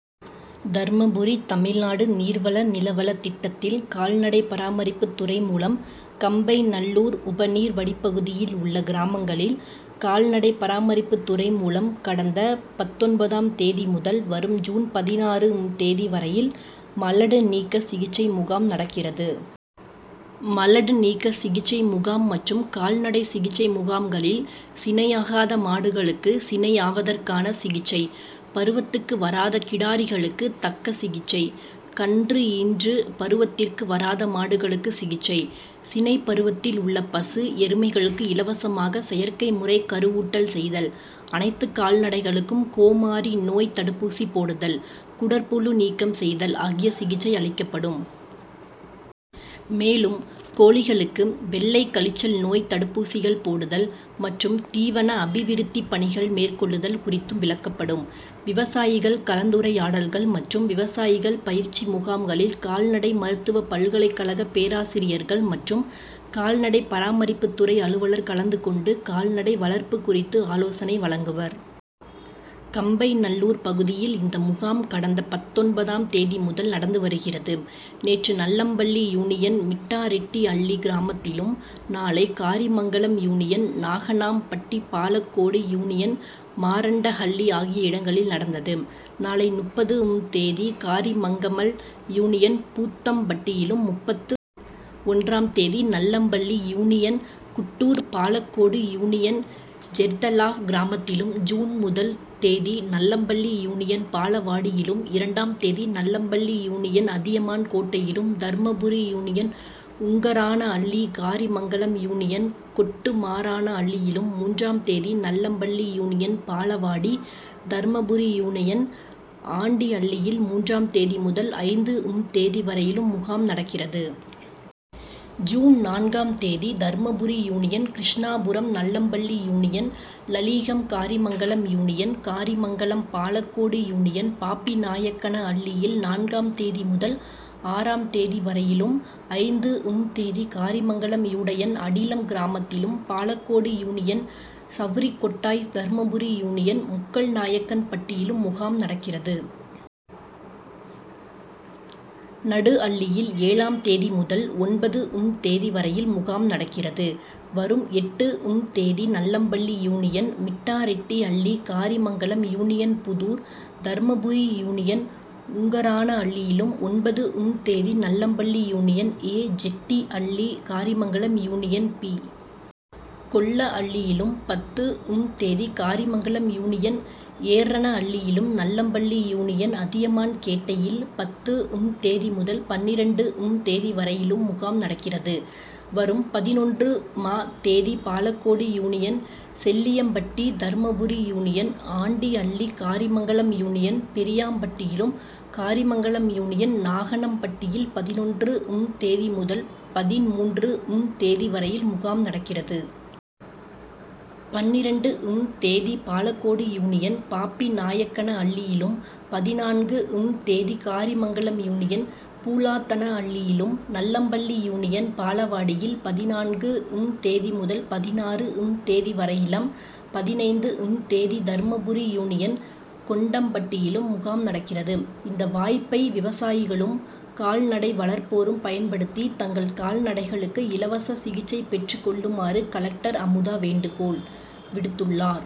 தர்மபுரி தமிழ்நாடு நீர்வள நிலவள திட்டத்தில் கால்நடை பராமரிப்பு துறை மூலம் கம்பைநல்லூர் உபநீர் வடிப்பகுதியில் உள்ள கிராமங்களில் கால்நடை பராமரிப்பு துறை மூலம் கடந்த பத்தொன்பதாம் தேதி முதல் வரும் ஜூன் பதினாறு ம் தேதி வரையில் மலடு நீக்க சிகிச்சை முகாம் நடக்கிறது. மலடு நீக்க சிகிச்சை முகாம் மற்றும் கால்நடை சிகிச்சை முகாம்களில் சினையாகாத மாடுகளுக்கு சினையாவதற்கான சிகிச்சை, பருவத்துக்கு வராத கிடாரிகளுக்கு தக்க சிகிச்சை, கன்று ஈன்று பருவத்திற்கு வராத மாடுகளுக்கு சிகிச்சை, சினை பருவத்தில் உள்ள பசு, எருமைகளுக்கு இலவசமாக செயற்கை முறை கருவூட்டல் செய்தல், அனைத்து கால்நடைகளுக்கும் கோமாரி நோய் தடுப்பூசி போடுதல், குடற்புழு நீக்கம் செய்தல் ஆகிய சிகிச்சை அளிக்கப்படும். மேலும் கோழிகளுக்கு வெள்ளை கழிச்சல் நோய் தடுப்பூசிகள் போடுதல் மற்றும் தீவன அபிவிருத்தி பணிகள் மேற்கொள்ளுதல் குறித்தும் விளக்கப்படும். விவசாயிகள் கலந்துரையாடல்கள் மற்றும் விவசாயிகள் பயிற்சி முகாம்களில் கால்நடை மருத்துவ பல்கலைக்கழக பேராசிரியர்கள் மற்றும் கால்நடை பராமரிப்புத்துறை அலுவலர் கலந்து கொண்டு கால்நடை வளர்ப்பு குறித்து ஆலோசனை வழங்குவர். கம்பைநல்லூர் பகுதியில் இந்த முகாம் கடந்த பத்தொன்பதாம் தேதி முதல் நடந்து வருகிறது. நேற்று நல்லம்பள்ளி யூனியன் மிட்டாரெட்டிஅள்ளி கிராமத்திலும், நாளை காரிமங்கலம் யூனியன் நாகனாம்பட்டி, பாலக்கோடு யூனியன் மாரண்டஹள்ளி ஆகிய இடங்களில் நடந்தது. நாளை முப்பது ம் தேதி காரிமங்கமல் யூனியன் பூத்தம்பட்டியிலும், முப்பத்து ஒன்றாம் தேதி நல்லம்பள்ளி யூனியன் குட்டூர், பாலக்கோடு யூனியன் ஜெர்தலாவ் கிராமத்திலும், ஜூன் முதல் தேதி நல்லம்பள்ளி யூனியன் பாலவாடியிலும், இரண்டாம் தேதி நல்லம்பள்ளி யூனியன் அதியமான்கோட்டையிலும், தர்மபுரி யூனியன் உங்கரானஅள்ளி, காரிமங்கலம் யூனியன் கொட்டுமாரனஅள்ளியிலும், மூன்றாம் தேதி நல்லம்பள்ளி யூனியன் பாலவாடி, தர்மபுரி யூனயன் ஆண்டிஅள்ளியில் மூன்றாம் தேதி முதல் ஐந்து ம் தேதி வரையிலும் முகாம் நடக்கிறது. ஜூன் நான்காம் தேதி Dharmapuri union Krishnapuram, Nallampalli union Laligam, Karimangalam union Karimangalam, Palacode union பாப்பிநாயக்கனஅள்ளியில் நான்காம் தேதி முதல் ஆராம் தேதி வரையிலும், ஐந்து ம் தேதி காரிமங்கலம் யூடயன் அடிலம் கிராமத்திலும், பாலக்கோடு யூனியன் சவுரிக்கொட்டாய், தர்மபுரி யூனியன் முக்கல்நாயக்கன்பட்டியிலும் முகாம் நடக்கிறது. நடுஅள்ளியில் ஏழாம் தேதி முதல் ஒன்பது ம் தேதி வரையில் முகாம் நடக்கிறது. வரும் எட்டு ம் தேதி Nallampalli union Mittareddihalli, Karimangalam union Puthur, Dharmapuri union உங்கரானஅள்ளியிலும், ஒன்பது ம் தேதி Nallampalli union A. Jettihalli, Karimangalam union B. கொல்லஅள்ளியிலும், பத்து ம் தேதி காரிமங்கலம் யூனியன் எர்ரனஅள்ளியிலும், நல்லம்பள்ளி யூனியன் அதியமான்கேட்டையில் பத்து ம் தேதி முதல் பன்னிரண்டு ம் தேதி வரையிலும் முகாம் நடக்கிறது. வரும் பதினொன்று ம தேதி Palacode union Chelliampatti, Dharmapuri union Andihalli, Karimangalam union பெரியாம்பட்டியிலும், காரிமங்கலம் யூனியன் நாகனம்பட்டியில் பதினொன்று ம் தேதி முதல் பதின்மூன்று ம் தேதி வரையில் முகாம் நடக்கிறது. பன்னிரண்டு ம் தேதி பாலக்கோடு யூனியன் பாப்பிநாயக்கனஅள்ளியிலும், பதினான்கு ம் தேதி காரிமங்கலம் யூனியன் பூளாத்தனஅள்ளியிலும், நல்லம்பள்ளி யூனியன் பாலவாடியில் பதினான்கு ம் தேதி முதல் பதினாறு ம் தேதி வரையிலம், பதினைந்து ம் தேதி தர்மபுரி யூனியன் கொண்டம்பட்டியிலும் முகாம் நடக்கிறது. இந்த வாய்ப்பை விவசாயிகளும் கால்நடை வளர்ப்போரும் பயன்படுத்தி தங்கள் கால்நடைகளுக்கு இலவச சிகிச்சை பெற்று கொள்ளுமாறு கலெக்டர் அமுதா வேண்டுகோள் விடுத்துள்ளார்.